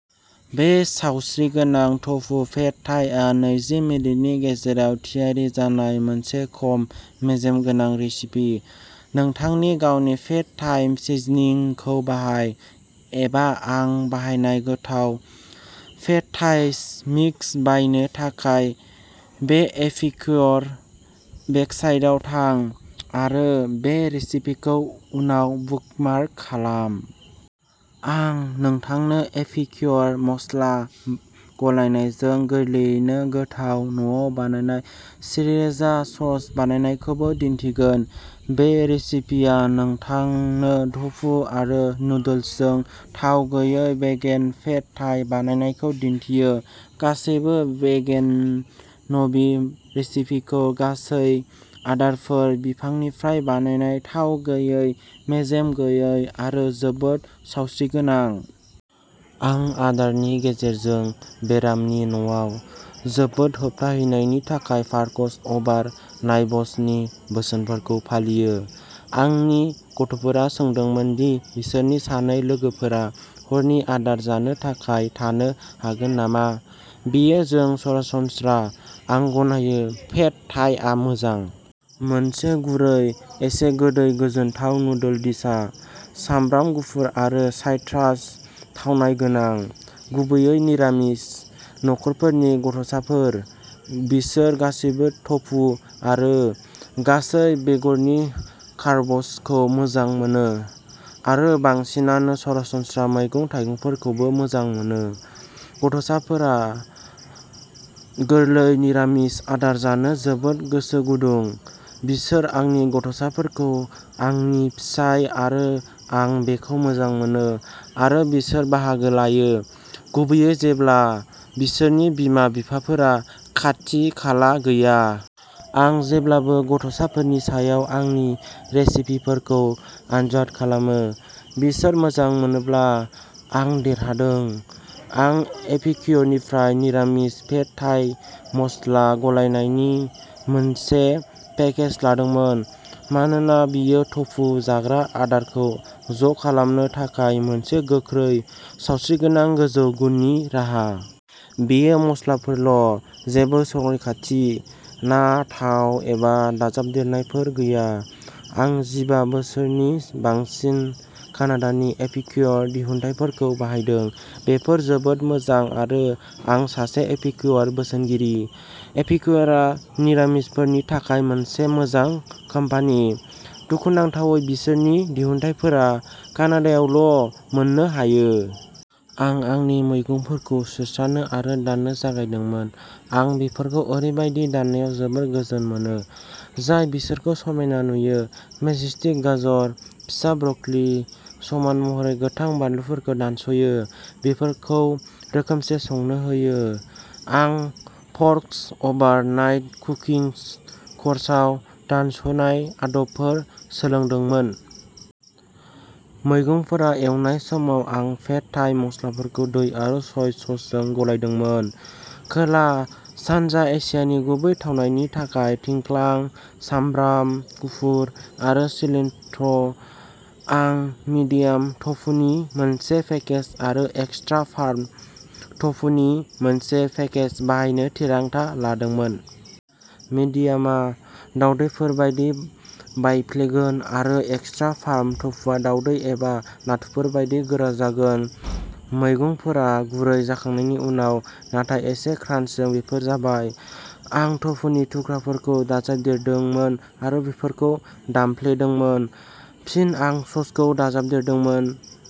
बे सावस्रिगोनां tofu pad थाईआ नैजि मिनिटनि गेजेराव थियारि जानाय मोनसे खम मेजेम गोनां रेसिपि। नोंथांनि गावनि पेड थाई सिज'निंखौ बाहाय, एबा आं बाहायनाय गोथाव पेड थाई मिक्स बायनो थाखाय बे एपिक्य'र वेबसाइटाव थां, आरो बे रेसिपिखौ उनाव बुकमार्क खालाम। आं नोंथांनो एपिक्य'र मस्ला गलायनायजों गोरलैयैनो गोथाव न'आव बानायनाय श्रीराचा सस बानायनायखौबो दिन्थिगोन। बे रेसिपिया नोंथांनो टफु आरो नुडल्सजों थाव गैयै भेगान पेड थाई बानायनायखौ दिन्थियो। गासैबो भेगानएनभि रेसिपिफोरा गासै आदारफोर, बिफांनिफ्राय बानायनाय, थाव गैयै, मेजेम गैयै आरो जोबोद सावस्रिगोनां। आं आदारनि गेजेरजों बेराम नि न'आव जोबोदहोबथानायनि थाखाय फ'र्कस अभार नाइभ्सनि बोसोनफोरखौ फालियो। आंनि गथ'फोरा सोंदोंमोन दि बिसोरनि सानै लोगोफोरा हरनि आदार जानो थाखाय थानो हागोन नामा? बेयो जों सरासनस्रा। आं गनायो, पेड थाईआ मोजां। मोनसे गुरै, एसे गोदै गोजोनथाव नुडल डिश। सामब्राम गुफुर आरो साइट्रास थावनाय गोनां। गुबैयै निरामिस नखरफोरनि गथ'साफोर। बिसोर गासैबो टफु आरो गासै बेगरनि कार्बसखौ मोजां मोनो, आरो बांसिनानो सरासनस्रा मैगं-थाइगंफोरखौबो मोजां मोनो। गथ'साफोरा गोरलै निरामिस आदार जानो जोबोद गोसो गुदुं, बिसोर आंनि गथ'साफोरखौ, आंनि फिसाय आरो आं बेखौ मोजां मोनो, आरो बिसोर बाहागो लायो, गुबैयै जेब्ला बिसोरनि बिमा-बिफाफोरा खाथि-खाला गैया। आं जेब्लाबो गथ'साफोरनि सायाव आंनि रेसिपिफोरखौ आनजाद खालामो। बिसोर मोजां मोनोब्ला, आं देरहादों। आं एपिक्युरनिफ्राय निरामिस पेड थाइ मस्ला गलायनायनि मोनसे पेकेज लादोंमोन, मानोना बेयो टफु जाग्रा आदारखौ ज' खालामनो थाखाय मोनसे गोख्रै, सावस्रिगोनां, गोजौ गुननि राहा। बेयो मस्लाफोरल' जेबो संरैखाथि, ना, थाव एबा दाजाबदेरनायफोर गैया। आं जिबा बोसोरनि बांसिन कानाडानि एपिक्युर दिहुनथायफोरखौ बाहायदों बेफोर जोबोद मोजां आरो आं सासे एपिक्युर बोसोनगिरि। एपिक्युरआ निरामिसफोरनि थाखाय मोनसे मोजां कम्पानि। दुखुनांथावै बिसोरनि दिहुनथायफोरा कानाडायावल' मोननो हायो। आं आंनि मैगंफोरखौ सुस्रानो आरो दाननो जागायदोंमोन, आं बेफोरखौ ओरैबायदि दाननायाव जोबोद गोजोन मोनो, जाय बिसोरखौ समायना नुयो। मैचिस्टिक गाजर, फिसा ब्रकलि, समान महरै गोथां बानलुफोरखौ दानस'यो। बेफोरखौ रोखोमसे संनो होयो। आं फ'र्कस अभार नाइव्स कुकिं क'र्सआव दानस'नाय आदबफोर सोलोंदोंमोन। मैगंफोरा एवनाय समाव, आं पेड थाई मस्लाफोरखौ दै आरो सय ससजों गलायदोंमोन। खोला-सानजा एसियानि गुबै थावनायनि थाखाय थिंख्लां, सामब्राम गुफुर आरो सिलान्ट्र'। आं मिडियाम टफुनि मोनसे पेकेज आरो एक्स्ट्रा फार्म टफुनि मोनसे पेकेज बाहायनो थिरांथा लादोंमोन। मिडियामआ दावदैफोर बायदि बायफ्लेगोन आरो एक्स्ट्रा फार्म टफुआ दावदै एबा नाथुरफोर बायदि गोरा जागोन। मैगंफोरा गुरै जाखांनायनि उनाव, नाथाय एसे क्रान्चजों, बेफोर जाबाय। आं टफुनि थुख्राफोरखौ दाजाबदेरदोंमोन आरो बेफोरखौ दामफ्लेदोंमोन। फिन आं ससखौ दाजाबदेरदोंमोन।